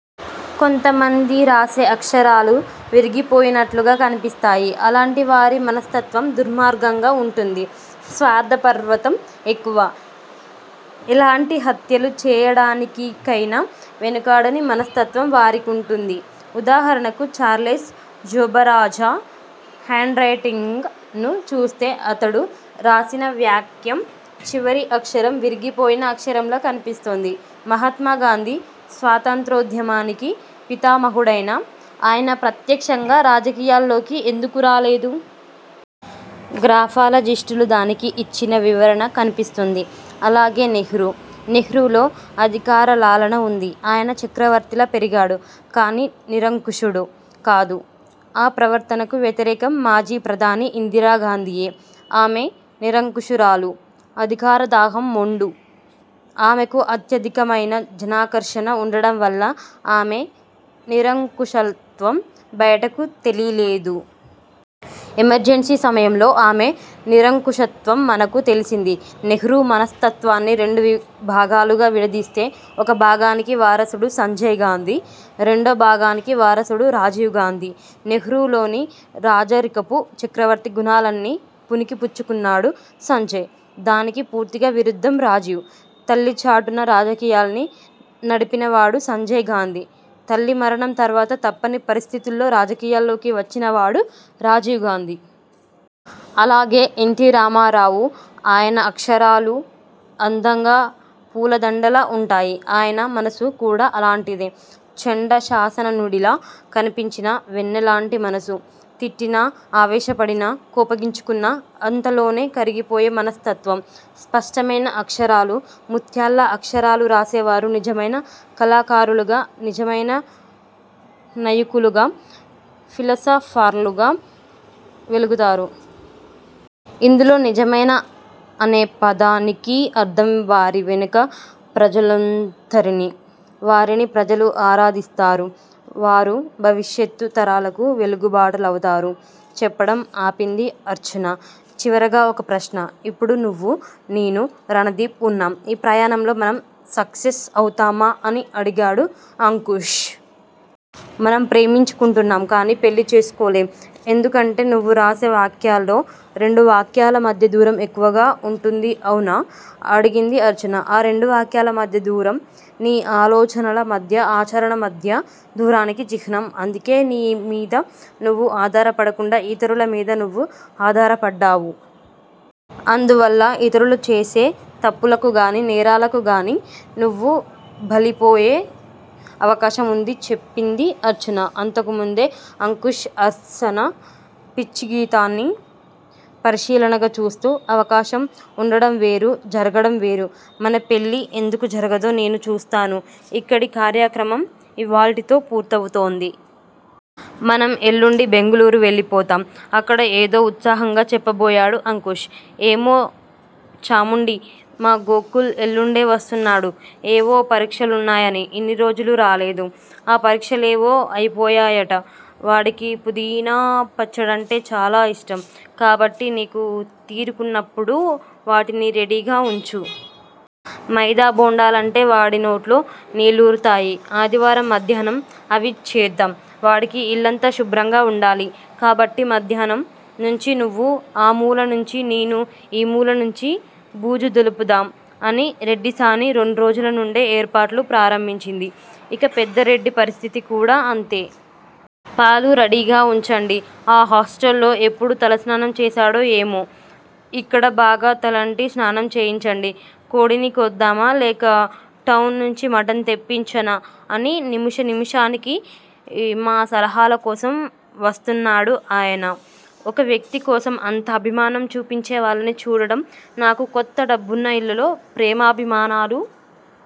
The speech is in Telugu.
కొంతమంది రాసే అక్షరాలు విరిగిపోయినట్లుగా కనిపిస్తాయి. అలాంటివారి మనస్తత్వం దుర్మార్గంగా వుంటుంది. స్వార్ధపర్వతం ఎక్కువ. ఎలాంటి హత్యలు చేయడానికికయినా వెనుకాడని మనస్తత్వం వారికుంటుంది. ఉదాహారణకు ఛార్లెస్ శోభరాజ హేండ్రైటింగ్ ను చూస్తె అతడు రాసిన వాక్యం చివరి అక్షరం విరిగిపోయిన అక్షరంలా కనిపిస్తోంది. మహాత్మాగాంధీ స్వాతంత్రోధ్యమానికి పితామహుడైన, అయన ప్రత్యక్ష్యంగా రాజకీయాల్లోకి ఎందుకు రాలేదు? గ్రాఫాలజిస్టులుదానికి ఇచ్చిన వివరణ కనిపిస్తుంది. అలాగే నెహ్రూ. నెహ్రూ లో అధికారలాలన వుంది. అయన చక్రవర్తిలా పెరిగాడు. కానీ నిరంకుశుడు కాదు. అ ప్రవర్తనకు వ్యతిరేకం మాజీ ప్రధాని ఇందిరాగాంధీయే. ఆమె నిరంకుశురాలు. అధికార దాహం మెండు. ఆమెకు అత్యధికమైనా జనాకర్షణ వుండడంవల్ల ఆమె నిరంకుశత్వం బయటకి తెలీలేదు. ఎమర్జన్సీ సమయంలో ఆమె నిరంకుశత్వం మనకు తెలిసింది. నెహ్రూ మనస్తత్వాన్ని రెండు భాగాలుగా విడదీస్తే, ఒక భాగానికి వారసుడు సంజయ్ గాంధీ, రేండో భాగానికీ వారసుడు రాజీవ్ గాంధీ. నెహ్రూలోని రాజరికపు చక్రవర్తి గుణాలన్నీ పుణికి పుచ్చుకున్నాడు సంజయ్. దానికి పూర్తిగా విరుద్దం రాజీవ్. తల్లిచాటున రాజకీయాల్ని నడిపినవాడు సంజయ్ గాంధీ తల్లి మరణం తర్వాత తప్పని పరిస్టితుల్లో రాజకీయాల్లోకి వచ్చినవాడు రాజీవ్ గాంధీ. అలాగే ఎన్. టిరామారావు. అయన అక్షరాలు అందంగా, పూలదండలా వుంటాయి. అయన మనసు కూడా అలాంటిదే. చండ శాసననుడిలా కనిపించినా, వెన్నలాంటి మనసు. తిట్టినా, అవేశాపడినా, కోపగించుకున్నా అంతలోనే కరిగిపోయే మనస్తత్వం. స్పష్టమైనా అక్షరాలూ, ముత్యాల్లా అక్షరాలు రాసేవరు నిజమైన కళాకారులుగా, నిజమైన నయుకులుగా, ఫిలాసఫర్లుగా వెలుగుతారు. ఇందులో నిజమైన అనే పదానికి అర్ధం వారి వెనుక ప్రజలుంతరణి. వారిని ప్రజలు ఆరాధిస్తారు. వారు భవిష్యత్తు తరాలకు వెలుగుబాటలవుతారు చెప్పడం ఆపింది అర్చన. చివరగా ఒక ప్రశ్న. ఇప్పుడు నువ్వు, నేను, రణదీఫ్ వున్నాం ఈ ప్రయాణంలో మనం సక్సెస్ అవుతామా? అని అడిగాడు అంకుష్. మనం ప్రేమించుకొంటున్నాం కానీ పెళ్ళి చేసుకోలేం ఎందుకంటే నువ్వు రాసే వాక్యాల్లో రెండు వాక్యాల మధ్య దూరం ఎక్కువగా వుంటుంది అవునా? అడిగింది అర్చన. ఆ రెండు వాక్యాల మధ్య దూరం నీ ఆలోచనల మధ్య ఆచరణ మధ్యా దూరానికి చిహ్నం అందుకే నీ మీద నువ్వు ఆధారపడకుండా యితురుల మీద నువ్వు అద్జ్హారపడ్డావ్. అందువల్లా ఇతరులు చేసే తప్పులకు గానీ, నేరాలకు గానీ నువ్వు బలిపోయే అవకాశం వుంది చెప్పింది అర్చన అంతకుముందే అంకుష్ అర్సన పిచ్చిగీతాల్నీ పరిశీలనగా చూస్తూ. అవకాశం వుండడం వేరు జరగడం వేరు. మన పెళ్ళి ఎందుకు జరగదో నేను చూస్తాను. ఇక్కడి కర్యాక్రమం ఇవ్వాల్టితో పూర్తవుతోంది. మనం ఎల్లుండి బెంగుళూరు వెళ్ళిపోతాం. అక్కడ ఏదో ఉత్సాహంగా చెప్పబోయాడు అంకుష్. ఏమే చాముండీ! మా గోకుల్ ఎల్లుండే వస్తున్నాడు, ఏవో పరీక్ష లున్నాయని ఇన్ని రోజులు రాలేదు. అ పరీక్షలేవో అయిపోయాయట. వాడికి పుదీనా పచ్చడంటే చాలా ఇష్టం, కాబట్టి నీకు తీరికున్నప్పుడు వాటిని రెడీగా వుంచు. మైదా బోండాలంటే వాడి నోట్లో నీళ్ళూరుతాయి. ఆదివారం మధ్యాహ్నం అవి చేద్దాం. వాడికి ఇల్లంతా శుభ్రంగా వుండాలి. కాబట్టి మధ్యాహ్నం నుంచి నువ్వు ఆ మూలనుంచీ నేను ఈ మూల నుంచి బూజు దులుపుదాం అని రెడ్డిసాని రెండ్రోజుల నుండే ఏర్పాట్లు ప్రారంభించింది. ఇక పెద్ద రెడ్డి పరిస్థితి కూడా అంతే. పాలు రెడీగా వుంచండి. ఆ హాస్టల్ లో ఎప్పుడు తలస్నానం చేశాడో ఏమో! ఇక్కడ బాగా తలంటి స్నానం చేయించండి. కోడిని కోద్దామా? లేక టౌన్ నుంచి మటన్ తెప్పించనా అని నిముష నిముషానికి మా సలహాల కోసం వస్తున్నాడు ఆయన. ఒక వ్యక్తి కోసం అంత అభిమానం చూపించేవాళ్ళని చూడడం నాకు కొత్త డబ్బున్న ఇళ్ళల్లో ప్రేమాభిమానాలు